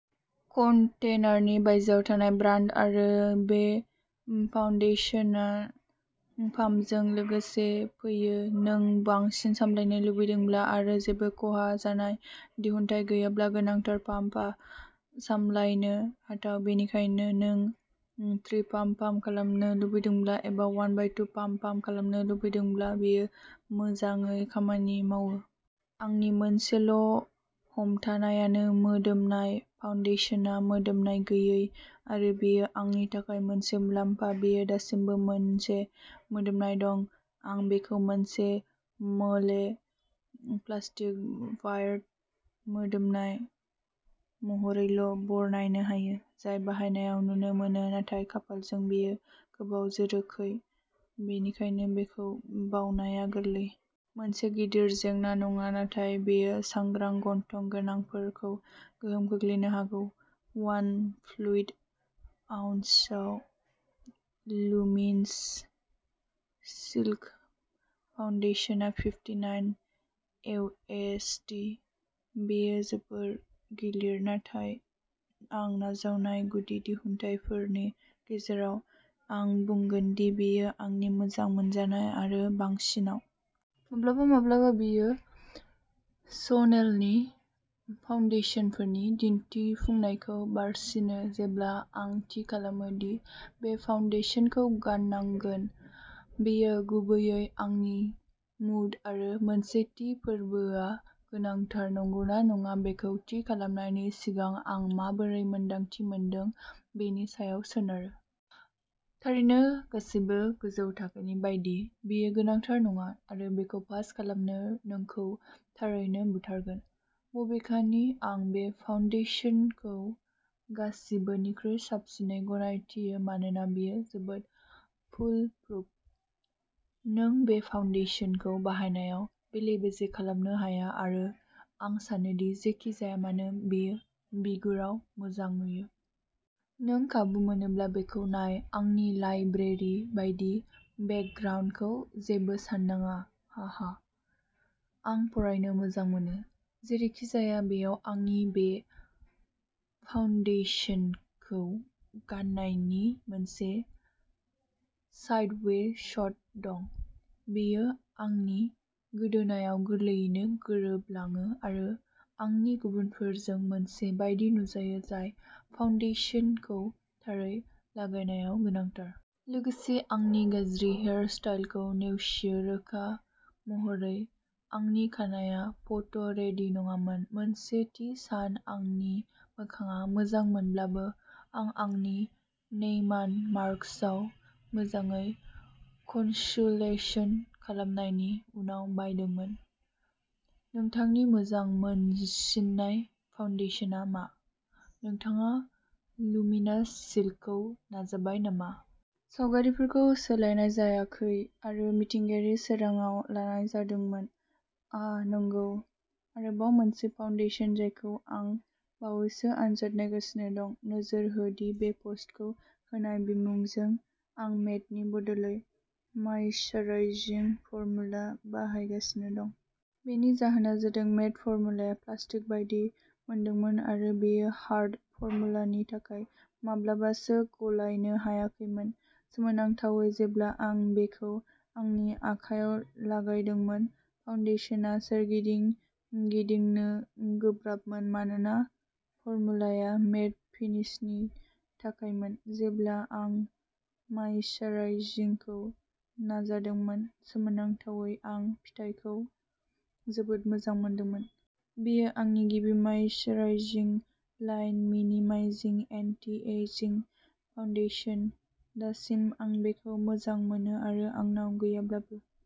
कन्टेनारनि बायजोयाव थानाय ब्रान्ड आरो बे फाउन्देसनआ पाम्पजों लोगोसे फैयो-नों बांसिन सामलायनो लुबैदोंब्ला आरो जेबो खहा जानाय दिहुनथाय गैयाब्ला गोनांथार। पाम्पआ सामलायनो हाथाव, बेनिखायनो नों थ्रि पाम्प पाम्प खालामनो लुबैदोंब्ला एबा अवान बाय थु पाम्प पाम्प खालामनो लुबैदोंब्ला बेयो मोजाङै खामानि मावो। आंनि मोनसेल'हमथानायानो मोदोमनाय। फाउन्डेसनआ मोदोमनाय गैयै-आरो बेयो आंनि थाखाय मोनसे मुलाम्फा-बेयो दासिमबो मोनसे मोदोमनाय दं। आं बेखौ मोनसे मोले प्लास्टिक-वाई मोदोमनाय महरैल'बरनायनो हायो, जाय बाहायनायाव नुनो मोनो, नाथाय खाफालजों, बेयो गोबाव जोराखै, बेनिखायनो बेखौ बावनाया गोरलै। मोनसे गिदिर जेंना नङा, नाथाय बेयो सांग्रां गन्थं गोनांफोरखौ गोहोम खोख्लैनो हागौ। अवान फ्लुइड आउन्सआव, लुमिनस सिल्क फाउन्डेसनआ पिफथिन्नायन इउएसडि। बेयो जोबोद गिलिर, नाथाय आं नाजावनाय गुदि दिहुनथायफोरनि गेजेराव, आं बुंगोन दि बेयो आंनि मोजां मोनजानाय आरो बांसिनआव। माब्लाबा माब्लाबा, बेयो शनेलनि फाउन्डेशनफोरनि दिन्थिफुंनायखौ बारसिनो। जेब्ला आं थि खालामो दि बबे फाउन्डेशनखौ गान्नांगोन, बेयो गुबैयै आंनि मुड आरो मोनसे थि फोरबोआ गोनांथार नंगौना नङा बेखौ थि खालामनायनि सिगां आं माबोरै मोन्दांथि मोनदों बेनि सायाव सोनारो। थारैनो, गासैबो गोजौ थाखोनि बायदि, बेयो गोनांथार नङा; आरो, बेखौ पास खालामनाया नोंखौ थारैनो बुथारगोन। बबेखानि, आं बे फाउन्डेशनखौ गासिबोनिख्रुइ साबसिनै गनायथियो मानोना बेयो जोबोद फुल-प्रुफ। नों बे फाउन्डेशनखौ बाहायनायाव बेले-बेजे खालामनो हाया, आरो आं सानो दि जेखि जाया मानो, बेयो बिगुराव मोजां नुयो। नों खाबु मोनोब्ला, बेखौ नाय! आंनि लाइब्रेरि बायदि बेकग्राउन्डखौ जेबो साननाङा, हाहा। आं फरायनो मोजां मोनो! जेरैखिजाया, बेयाव आंनि बे फाउंडेशनखौ गान्नायनि मोनसे साइडवे शट दं। बेयो आंनि गोदोनायाव गोरलैयैनो गोरोबलाङो आरो आंनि गुबुनफोरजों "मोनसे" बायदि नुजायो, जाय फाउन्डेशनखौ थारै लागायनायाव गोनांथार। लोगोसे, आंनि गाज्रि हेयारस्टाइलखौ नेवसियो-रोखा महरै, आंनि खानाया फट'- रेडी नङामोन। मोनसे थि सान, आंनि मोखांआ मोजांमोनब्लाबो! आं आंनिखौ नेइमान मार्कासआव मोजाङै कनसुलेसन खालामनायनि उनाव बायदोंमोन। नोंथांनि मोजां मोनसिननाय फाउन्डेसनआ मा? नोंथाङा लुमिनास सिल्कखौ नाजाबाय नामा? सावगारिफोरखौ सोलायनाय जायाखै आरो मिथिंगायारि सोरांाव लानाय जादोंमोन। आह, नंगौ, आरोबाव मोनसे फाउन्डेसन जायखौ आं बावैसो आनजाद नायगासिनो दं। नोजोर हो दि बे पस्टखौ होनाय बिमुंजों, आं मेटनि बदलै मायिश्चाराइजिं फर्मुला बाहायगासिनो दं। बेनि जाहोना जादों मेट फर्मुलाया प्लास्टिक बायदि मोनदोंमोन, आरो बेयो "हार्ड" फर्मुलानि थाखाय माब्लाबासो गलायनो हायाखैमोन; सोमोनांथावै, जेब्ला आं बेखौ आंनि आखायाव लागायदोंमोन, फाउन्डेसनआ "सोरगिदिं गिदिंनो" गोब्राबमोन मानोना फर्मुलाया मेट फिनिशनि थाखायमोन। जेब्ला आं मायिश्चाराइजिंखौ नाजादोंमोन, सोमोनांथावै, आं फिथायखौ जोबोद मोजां मोनदोंमोन। बेयो आंनि गिबि मायिश्चाराइजिं, लाइन-मिनिमाइजिं, एन्टि-एजिंग फाउन्डेशन। दासिम, आं बेखौ मोजां मोनो; आरो, आंनाव गैयाब्लाबो।